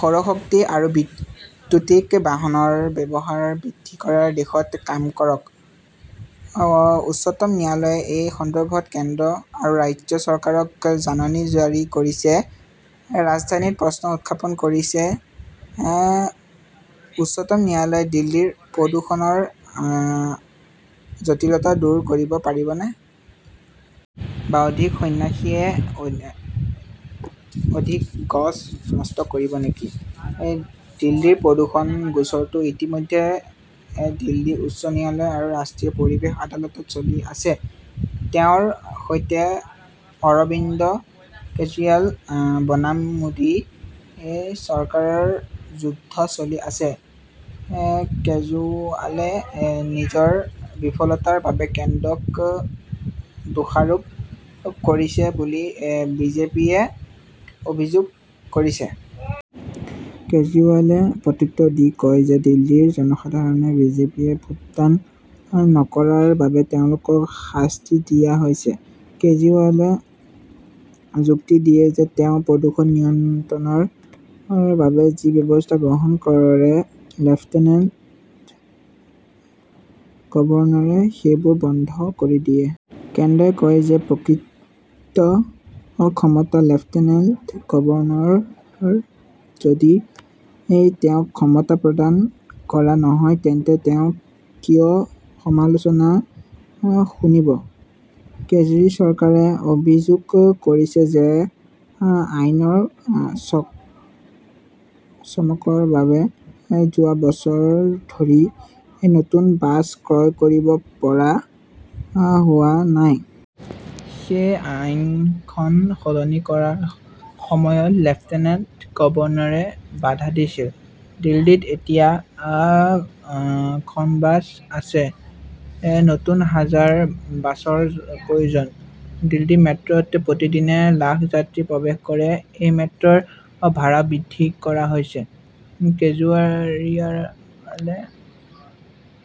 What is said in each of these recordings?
সৌৰ শক্তি আৰু বৈদ্যুতিক বাহনৰ ব্যৱহাৰ বৃদ্ধি কৰাৰ দিশত কাম কৰক। উচ্চতম ন্যায়ালয়ে এই সন্দৰ্ভত কেন্দ্ৰ আৰু ৰাজ্য চৰকাৰক জাননী জাৰি কৰিছে। ৰাজধানীত প্ৰশ্ন উত্থাপন হৈছে, উচ্চতম ন্যায়ালয়ে দিল্লীৰ প্ৰদূষণৰ জটিলতা দূৰ কৰিব পাৰিবনে? বা অধিক সন্ন্যাসীয়ে অধিক গজ নষ্ট কৰিব নেকি? দিল্লীৰ প্ৰদূষণৰ গোচৰটো ইতিমধ্যে দিল্লী উচ্চ ন্যায়ালয় আৰু ৰাষ্ট্ৰীয় পৰিৱেশ আদালতত চলি আছে। তেওঁৰ সৈতে অৰবিন্দ কেজৰিৱাল বনাম মোদী চৰকাৰৰ যুদ্ধ চলি আছে। কেজৰিৱালে নিজৰ বিফলতাৰ বাবে কেন্দ্ৰক দোষাৰোপ কৰিছে বুলি বিজেপিয়ে অভিযোগ কৰিছে। কেজৰিৱালে প্ৰত্যুত্তৰ দি কয় যে দিল্লীৰ জনসাধাৰণে বিজেপিয়ে ভোটদান নকৰাৰ বাবে তেওঁলোকক শাস্তি দিয়া হৈছে। কেজৰিৱালে যুক্তি দিয়ে যে তেওঁ প্ৰদূষণ নিয়ন্ত্ৰণৰ বাবে যি ব্যৱস্থা গ্ৰহণ কৰে, লেফটেনেণ্ট গভৰ্ণৰে সেইবোৰ বন্ধ কৰি দিয়ে। কেন্দ্ৰই কয় যে প্ৰকৃত ক্ষমতা লেফটেনেণ্ট গভৰ্ণৰৰ। যদি তেওঁক ক্ষমতা প্ৰদান কৰা নহয়, তেন্তে তেওঁ কিয় সমালোচনা শুনিব? কেজৰি-চৰকাৰে অভিযোগ কৰিছে যে আইনৰ চমকৰ বাবে যোৱা বছৰ ধৰি নতুন বাছ ক্ৰয় কৰিব পৰা হোৱা নাই। সেই আইনখন সলনি কৰাৰ সময়ত লেফটেনেণ্ট গভৰ্ণৰে বাধা দিছিল। দিল্লীত এতিয়া খন বাছ আছে। নতুন হাজাৰ বাছৰ প্ৰয়োজন। দিল্লী মেট্ৰত প্ৰতিদিনে লাখ যাত্ৰী প্ৰৱেশ কৰে। সেই মেট্ৰৰ ভাড়াও বৃদ্ধি কৰা হৈছে। কেজৰিৱালে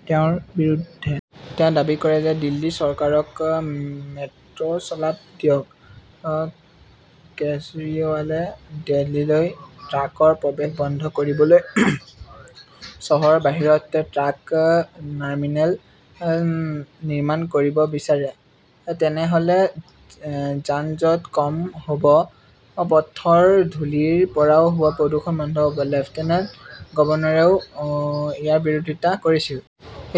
তেওঁৰ বিৰুদ্ধে। তেওঁ দাবী কৰে যে দিল্লী চৰকাৰক মেট্ৰচলাব দিয়ক। কেজৰিৱালে দিল্লীলৈ ট্ৰাকৰ প্ৰৱেশ বন্ধ কৰিবলৈ চহৰৰ বাহিৰত ট্ৰাক টাৰ্মিনেল নিৰ্মাণ কৰিব বিচাৰে। তেনেহলে যান-জঁট কম হব। পথৰ ধূলিৰ পৰাও হোৱা প্ৰদূষণ বন্ধ হব। লেফটেনেণ্ট গভৰ্ণৰেও ইয়াৰ বিৰোধিতা কৰিছিল।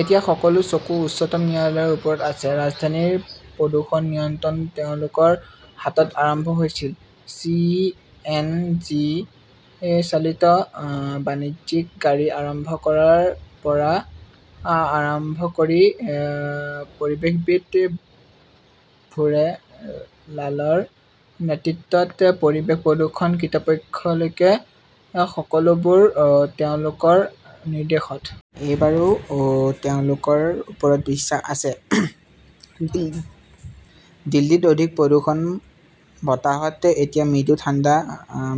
এতিয়া সকলো চকু উচ্চতম ন্যায়ালয়ৰ ওপৰত আছে। ৰাজধানীৰ প্ৰদূষণ নিয়ন্ত্ৰণ তেওঁলোকৰ হাতত আৰম্ভ হৈছিল। চি. এন. জি. -চালিত বাণিজ্যিক গাড়ী আৰম্ভ কৰাৰ পৰা আৰম্ভ কৰি পৰিৱেশবিদ ভুৰে লালৰ নেতৃত্বত পৰিৱেশ প্ৰদূষণ কৰ্তৃপক্ষলৈকে-সকলোবোৰ তেওঁলোকৰ নিৰ্দেশত। এইবাৰো তেওঁলোকৰ ওপৰত বিশ্বাস আছে। দিল্লীত অধিক প্ৰদূষণ বতাহত এতিয়া মৃদু ঠাণ্ডা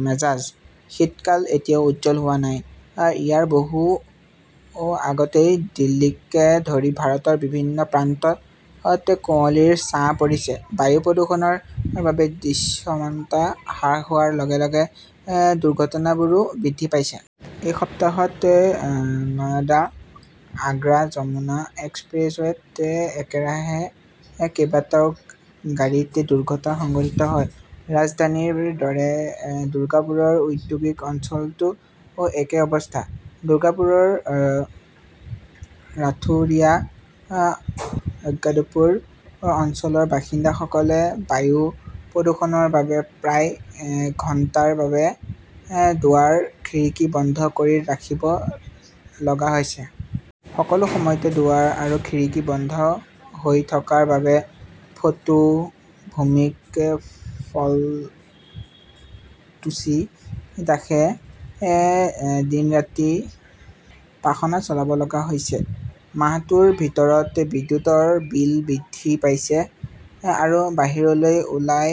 মেজাজ। শীতকাল এতিয়াও উজ্জ্বল হোৱা নাই। ইয়াৰ বহু আগতেই দিল্লীকে ধৰি ভাৰতৰ বিভিন্ন প্ৰান্তত কুঁৱলীৰ ছাঁ পৰিছে। বায়ু প্ৰদূষণৰ বাবে দৃশ্যমানতা হ্ৰাস হোৱাৰ লগে-লগে দুৰ্ঘটনাবোৰো বৃদ্ধি পাইছে। এই সপ্তাহত নয়ডা-আগ্ৰা যমুনা এক্সপ্ৰেছৱেত একেৰাহে কেইবাটাও গাড়ীত দুৰ্ঘটনা সংঘটিত হয়। ৰাজধানীৰ দৰে দুৰ্গাপুৰৰ ঔদ্যোগিক অঞ্চলতো একেই অৱস্থা। দুৰ্গাপুৰৰ ৰাথুৰিয়া, অঙ্গদুৰপুৰ অঞ্চলৰ বাসিন্দাসকলে বায়ু প্ৰদূষণৰ বাবে প্ৰায় ঘণ্টাৰ বাবে দুৱাৰ-খিৰিকী বন্ধ কৰি ৰাখিব লগা হৈছে। সকলো সময়তে দুৱাৰ আৰু খিৰিকী বন্ধ হৈ থকাৰ বাবে ফটো ভৌমিক, ফলটুচি দাসে দিন-ৰাতি পাখনা চলাব লগা হৈছে। মাহটোৰ ভিতৰত বিদ্যুতৰ বিল বৃদ্ধি পাইছে। আৰু বাহিৰলৈ ওলাই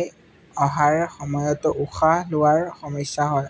অহাৰ সময়ত উশাহ লোৱাৰ সমস্যা হয়।